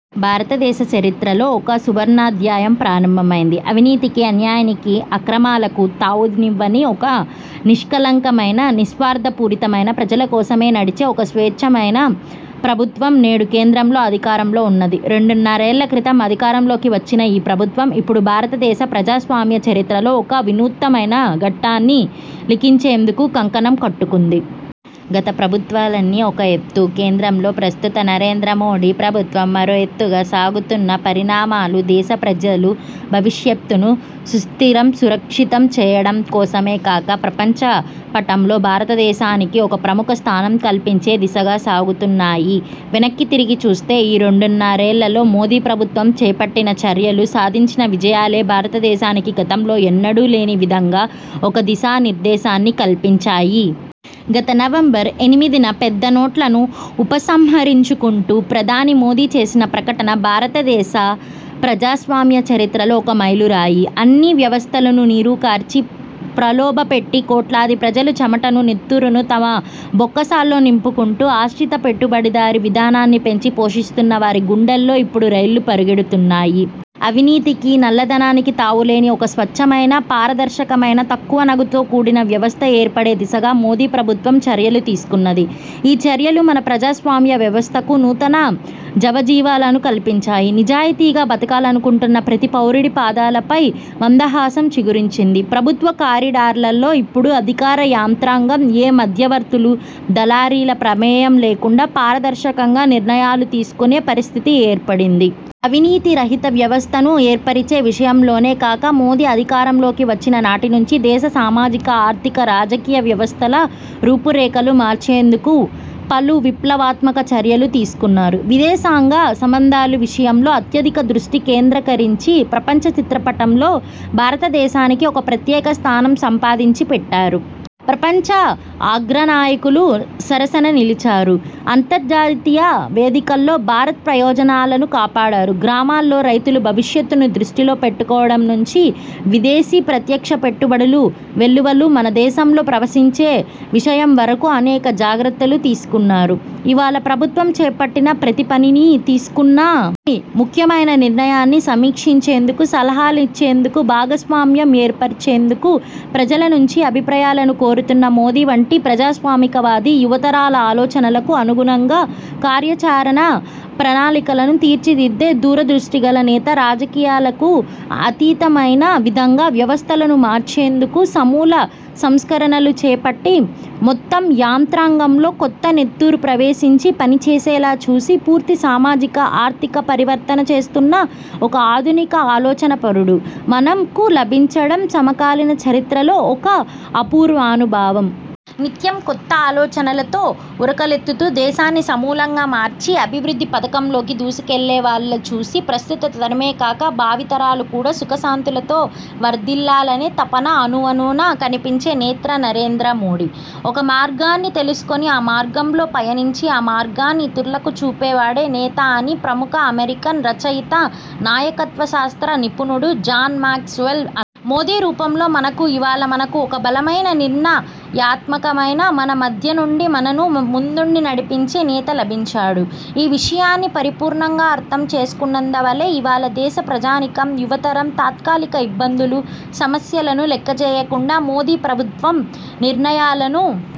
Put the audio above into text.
భారతదేశ చరిత్రలో ఒక సువర్ణాధ్యాయం ప్రారంభమైంది. అవినీతికీ, అన్యాయానికీ, అక్రమాలకూ తావునివ్వని ఒక నిష్కళంకమైన, నిస్వార్థపూరితమైన, ప్రజల కోసమే నడిచే ఒక స్వచ్ఛమైన ప్రభుత్వం నేడు కేంద్రంలో అధికారంలో ఉన్నది. రెండున్నరేళ్ల క్రితం అధికారంలోకి వచ్చిన ఈ ప్రభుత్వం ఇప్పుడు భారతదేశ ప్రజాస్వామ్య చరిత్రలో ఒక వినూత్నమైన ఘట్టాన్ని లిఖించేందుకు కంకణం కట్టుకుంది. గత ప్రభుత్వాలన్నీ ఒక ఎత్తూ, కేంద్రంలో ప్రస్తుత నరేంద్ర మోదీ ప్రభుత్వం మరో ఎత్తుగా సాగుతున్న పరిణామాలు దేశ ప్రజల భవిష్యత్తును సుస్థిరం, సురక్షితం చేయడంకోసమే కాక ప్రపంచ పటంలో భారతదేశానికి ఒక ప్రముఖ స్థానం కల్పించే దిశగా సాగుతున్నాయి. వెనక్కి తిరిగి చూస్తే ఈ రెండున్నరేళ్లలో మోదీ ప్రభుత్వం చేపట్టిన చర్యలు, సాధించిన విజయాలే భారత దేశానికి గతంలో ఎన్నడూ లేని విధంగా ఒక దిశా నిర్దేశాన్ని కల్పించాయి. గత నవంబర్ ఎనిమిదిన పెద్ద నోట్లను ఉపసంహరించుకుంటూ ప్రధాని మోదీ చేసిన ప్రకటన భారతదేశ ప్రజాస్వామ్య చరిత్రలో ఒక మైలురాయి. అన్ని వ్యవస్థలనూ నీరుకార్చి, ప్రలోభపెట్టి కోట్లాది ప్రజల చెమటను, నెత్తురునూ తమ బొక్కసాల్లో నింపుకుంటూ, ఆశ్రిత పెట్టుబడిదారీ విధానాన్ని పెంచి పోషిస్తున్న వారి గుండెల్లో ఇప్పుడు రైళ్లు పరుగెడుతున్నాయి. అవినీతికి, నల్లధనానికి తావులేని ఒక స్వచ్ఛమైన, పారదర్శకమైన తక్కువ నగదుతో కూడిన వ్యవస్థ ఏర్పడే దిశగా మోదీ ప్రభుత్వం చర్యలు తీసుకున్నది. ఈ చర్యలు మన ప్రజాస్వామ్య వ్యవస్థకు నూతన జవజీవాలను కల్పించాయి. నిజాయితీగా బతకాలనుకుంటున్న ప్రతి పౌరుడి పదాలపై మందహాసం చిగురించింది. ప్రభుత్వ కారిడార్లలో ఇప్పుడు అధికార యంత్రాంగం ఏ మధ్యవర్తులు, దళారీల ప్రమేయం లేకుండా పారదర్శకంగా నిర్ణయాలు తీసుకునే పరిస్థితి ఏర్పడింది. అవినీతి రహిత వ్యవస్థను ఏర్పరిచే విషయంలోనే కాక మోదీ అధికారంలోకి వచ్చిన నాటినుంచీ దేశ సామాజిక, ఆర్థిక, రాజకీయ వ్యవస్థల రూపురేఖలు మార్చేందుకు పలు విప్లవాత్మక చర్యలు తీసుకున్నారు. విదేశాంగ సంబంధాల విషయంలో అత్యధిక దృష్టి కేంద్రీకరించి ప్రపంచ చిత్రపటంలో భారతదేశానికి ఒక ప్రత్యేక స్థానం సంపాదించి పెట్టారు. ప్రపంచ అగ్రనాయకుల సరసన నిలిచారు. అంతర్జాతీయ వేదికల్లో భారత్ ప్రయోజనాలను కాపాడారు. గ్రామాల్లో రైతుల భవిష్యత్తును దృష్టిలో పెట్టుకోవడం నుంచి విదేశీ ప్రత్యక్ష పెట్టుబడులు వెల్లువలా మన దేశంలో ప్రవహించే విషయం వరకు అనేక జాగ్రత్తలు తీసుకున్నారు. ఇవాళ ప్రభుత్వం చేపట్టిన ప్రతి పనినీ, తీసుకున్న ప్రతి ముఖ్యమైన నిర్ణయాన్నీ సమీక్షించేందుకు, సలహాలనిచ్చేందుకు, భాగస్వామ్యం ఏర్పర్చేందుకు ప్రజలనుంచి అభిప్రాయాలను కోరుతున్న మోదీ వంటి ప్రజాస్వామికవాది యువతరాల ఆలోచనలకు అనుగుణంగా కార్యాచరణ ప్రణాళికలను తీర్చిదిద్దే దూరదృష్టిగల నేత రాజకీయాలకు అతీతమైన విధంగా వ్యవస్థలను మార్చేందుకు సమూల సంస్కరణలు చేపట్టి, మొత్తం యంత్రాంగంలో కొత్త నెత్తురు ప్రవేశించి పనిచేసేలా చూసి, పూర్తి సామాజిక, ఆర్థిక పరివర్తన చేస్తున్న ఒక ఆధునిక ఆలోచనాపరుడు మనకు లభించడం సమకాలీన చరిత్రలో ఒక అపూర్వానుభవం. నిత్యం కొత్త ఆలోచనలతో ఉరకలెత్తుతూ దేశాన్ని సమూలంగా మార్చి అభివృద్ధి పథంలోకి దూసుకువెళ్లే వాళ్లను చూసి, ప్రస్తుత తరమే కాక భావితరాలు కూడా సుఖశాంతులతో వర్ధిల్లాలనే తపన అణువణువునా కనిపించే నేత నరేంద్ర మోదీ. ఒక మార్గాన్ని తెలుసుకుని, ఆ మార్గంలో పయనించి, ఆ మార్గాన్ని ఇతరులకు చూపే వాడే నేత అని ప్రముఖ అమెరికన్ రచయిత, నాయకత్వ శాస్త్ర నిపుణుడు జాన్ మాక్స్ వెల్. మోదీ రూపంలో మనకు ఇవాళ మనకు ఒక బలమైన, నిర్ణయాత్మకమైన, మన మధ్యనుండి మనను ముందుండి నడిపించే నేత లభించాడు. ఈ విషయాన్ని పరిపూర్ణంగా అర్థం చేసుకున్నందువల్లే ఇవాళ దేశ ప్రజానీకం, యువతరం తాత్కాలిక ఇబ్బందులు, సమస్యలను లెక్కచేయకుండా మోదీ ప్రభుత్వం నిర్ణయాలను